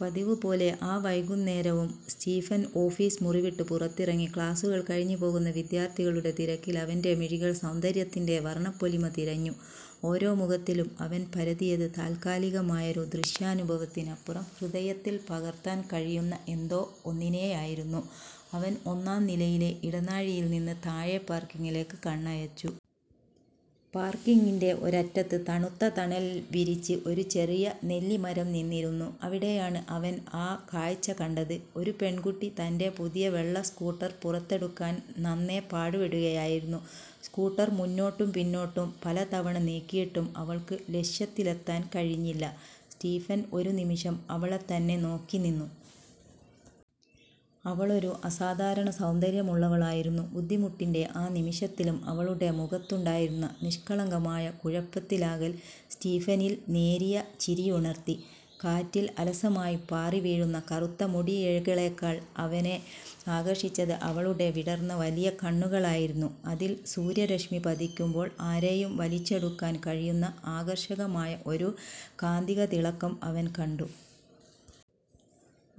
പതിവുപോലെ ആ വൈകുന്നേരവും സ്റ്റീഫൻ ഓഫീസ് മുറി വിട്ട് പുറത്തിറങ്ങി. ക്ലാസ്സുകൾ കഴിഞ്ഞ് പോകുന്ന വിദ്യാർത്ഥികളുടെ തിരിക്കിൽ അവന്റെ മിഴികൾ സൗന്ദര്യത്തിന്റെ വർണ്ണപ്പൊലിമ തിരഞ്ഞു. ഓരോ മുഖത്തിലും അവൻ പരതിയത്, താൽക്കാലികമായൊരു ദൃശ്യാനുഭവത്തിനപ്പുറം ഹൃദയത്തിൽ പകർത്താൻ കഴിയുന്ന എന്തോ ഒന്നിനെയായിരുന്നു. അവൻ ഒന്നാം നിലയിലെ ഇടനാഴിയിൽ നിന്ന് താഴെ പാർക്കിങ്ങിലേക്ക് കണ്ണയച്ചു. പാർക്കിങ്ങിന്റെ ഒരറ്റത്ത്, തണുത്ത തണൽ വിരിച്ച് ഒരു ചെറിയ നെല്ലിമരം നിന്നിരുന്നു. അവിടെയാണ് അവൻ ആ കാഴ്ച കണ്ടത്. ഒരു പെൺകുട്ടി തന്റെ പുതിയ വെള്ള സ്കൂട്ടർ പുറത്തെടുക്കാൻ നന്നേ പാടുപെടുകയായിരുന്നു. സ്കൂട്ടർ മുന്നോട്ടും പിന്നോട്ടും പലതവണ നീക്കിയിട്ടും അവൾക്ക് ലക്ഷ്യത്തിലെത്താൻ കഴിഞ്ഞില്ല. സ്റ്റീഫൻ ഒരു നിമിഷം അവളെത്തന്നെ നോക്കി നിന്നു. അവളൊരു അസാധാരണ സൗന്ദര്യമുള്ളവളായിരുന്നു. ബുദ്ധിമുട്ടിന്റെ ആ നിമിഷത്തിലും അവളുടെ മുഖത്തുണ്ടായിരുന്ന നിഷ്കളങ്കമായ കുഴപ്പത്തിലാകൽ സ്റ്റീഫനിൽ നേരിയ ചിരിയുണർത്തി. കാറ്റിൽ അലസമായി പാറിവീഴുന്ന കറുത്ത മുടിയിഴകളെക്കാൾ അവനെ ആകർഷിച്ചത് അവളുടെ വിടർന്ന വലിയ കണ്ണുകളായിരുന്നു. അതിൽ സൂര്യരശ്മി പതിക്കുമ്പോൾ ആരെയും വലിച്ചെടുക്കാൻ കഴിയുന്ന ആകർഷകമായ ഒരു കാന്തിക തിളക്കം അവൻ കണ്ടു.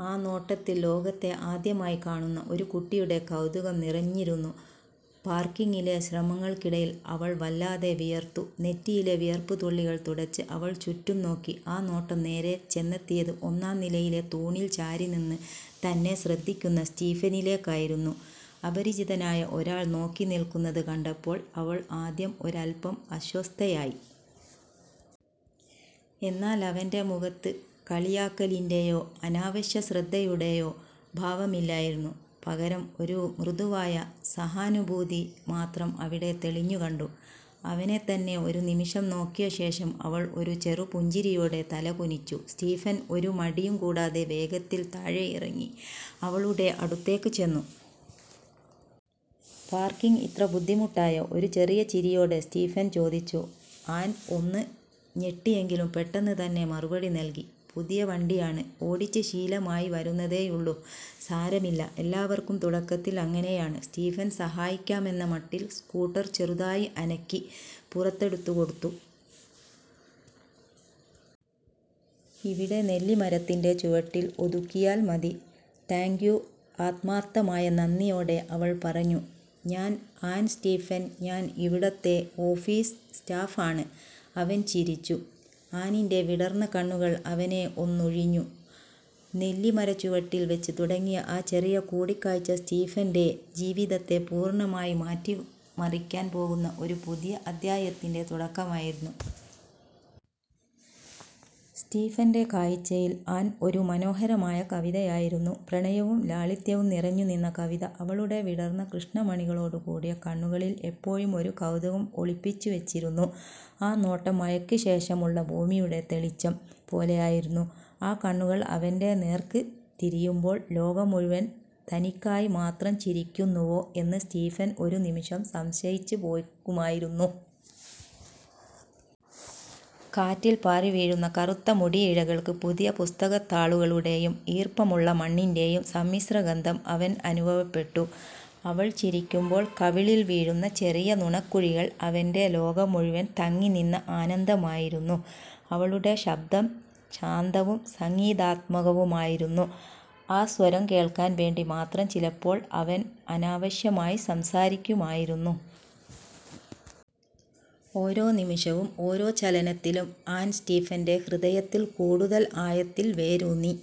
ആ നോട്ടത്തിൽ, ലോകത്തെ ആദ്യമായി കാണുന്ന ഒരു കുട്ടിയുടെ കൗതുകം നിറഞ്ഞിരുന്നു. പാർക്കിങ്ങിലെ ശ്രമങ്ങൾക്കിടയിൽ അവൾ വല്ലാതെ വിയർത്തു. നെറ്റിയിലെ വിയർപ്പ് തുള്ളികൾ തുടച്ച് അവൾ ചുറ്റും നോക്കി. ആ നോട്ടം നേരെ ചെന്നെത്തിയത്, ഒന്നാം നിലയിലെ തൂണിൽ ചാരിനിന്ന് തന്നെ ശ്രദ്ധിക്കുന്ന സ്റ്റീഫനിലേക്കായിരുന്നു. അപരിചിതനായ ഒരാൾ നോക്കി നിൽക്കുന്നത് കണ്ടപ്പോൾ അവൾ ആദ്യം ഒരൽപ്പം അസ്വസ്ഥയായി. എന്നാൽ അവന്റെ മുഖത്ത് കളിയാക്കലിന്റെയോ അനാവശ്യ ശ്രദ്ധയുടെയോ ഭാവമില്ലായിരുന്നു; പകരം, ഒരു മൃദുവായ സഹാനുഭൂതി മാത്രം അവിടെ തെളിഞ്ഞു കണ്ടു. അവനെത്തന്നെ ഒരു നിമിഷം നോക്കിയ ശേഷം, അവൾ ഒരു ചെറു പുഞ്ചിരിയോടെ തലകുനിച്ചു. സ്റ്റീഫൻ ഒരു മടിയും കൂടാതെ വേഗത്തിൽ താഴെയിറങ്ങി അവളുടെ അടുത്തേക്ക് ചെന്നു. "പാർക്കിംഗ് ഇത്ര ബുദ്ധിമുട്ടായോ? " ഒരു ചെറിയ ചിരിയോടെ സ്റ്റീഫൻ ചോദിച്ചു. ആൻ ഒന്ന് ഞെട്ടിയെങ്കിലും പെട്ടെന്ന് തന്നെ മറുപടി നൽകി "പുതിയ വണ്ടിയാണ്. ഓടിച്ച് ശീലമായി വരുന്നതേയുള്ളൂ. " "സാരമില്ല, എല്ലാവർക്കും തുടക്കത്തിൽ അങ്ങനെയാണ്," സ്റ്റീഫൻ സഹായിക്കാമെന്ന മട്ടിൽ സ്കൂട്ടർ ചെറുതായി അനക്കി പുറത്തെടുത്ത് കൊടുത്തു. "ഇവിടെ നെല്ലിമരത്തിന്റെ ചുവട്ടിൽ ഒതുക്കിയാൽ മതി. " "താങ്ക് യു… " ആത്മാർത്ഥമായ നന്ദിയോടെ അവൾ പറഞ്ഞു. "ഞാൻ ആൻ. " "സ്റ്റീഫൻ. ഞാൻ ഇവിടുത്തെ ഓഫീസ് സ്റ്റാഫ് ആണ്," അവൻ ചിരിച്ചു. ആനിന്റെ വിടർന്ന കണ്ണുകൾ അവനെ ഒന്നുഴിഞ്ഞു. നെല്ലിമരച്ചുവട്ടിൽ വെച്ച് തുടങ്ങിയ ആ ചെറിയ കൂടിക്കാഴ്ച, സ്റ്റീഫന്റെ ജീവിതത്തെ പൂർണ്ണമായി മാറ്റിമറിക്കാൻ പോകുന്ന ഒരു പുതിയ അദ്ധ്യായത്തിന്റെ തുടക്കമായിരുന്നു. സ്റ്റീഫന്റെ കാഴ്ചയിൽ ആൻ ഒരു മനോഹരമായ കവിതയായിരുന്നു. പ്രണയവും ലാളിത്യവും നിറഞ്ഞുനിന്ന കവിത. അവളുടെ വിടർന്ന കൃഷ്ണമണികളോടുകൂടിയ കണ്ണുകളിൽ എപ്പോഴും ഒരു കൗതുകം ഒളിപ്പിച്ചു വെച്ചിരുന്നു. ആ നോട്ടം, മഴയ്ക്ക് ശേഷമുള്ള ഭൂമിയുടെ തെളിച്ചം പോലെയായിരുന്നു. ആ കണ്ണുകൾ അവന്റെ നേർക്ക് തിരിയുമ്പോൾ, ലോകം മുഴുവൻ തനിക്കായി മാത്രം ചിരിക്കുന്നുവോ എന്ന് സ്റ്റീഫൻ ഒരു നിമിഷം സംശയിച്ചു പോകുമായിരുന്നു. കാറ്റിൽ പാറിവീഴുന്ന കറുത്ത മുടിയിഴകൾക്ക് പുതിയ പുസ്തകത്താളുകളുടെയും ഈർപ്പമുള്ള മണ്ണിന്റെയും സമ്മിശ്രഗന്ധം അവന് അനുഭവപ്പെട്ടു. അവൾ ചിരിക്കുമ്പോൾ കവിളിൽ വീഴുന്ന ചെറിയ നുണക്കുഴികൾ, അവന്റെ ലോകം മുഴുവൻ തങ്ങിനിന്ന ആനന്ദമായിരുന്നു. അവളുടെ ശബ്ദം ശാന്തവും സംഗീതാത്മകവുമായിരുന്നു. ആ സ്വരം കേൾക്കാൻ വേണ്ടി മാത്രം ചിലപ്പോൾ അവൻ അനാവശ്യമായി സംസാരിക്കുമായിരുന്നു. ഓരോ നിമിഷവും, ഓരോ ചലനത്തിലും, ആൻ സ്റ്റീഫന്റെ ഹൃദയത്തിൽ കൂടുതൽ ആഴത്തിൽ വേരൂന്നി.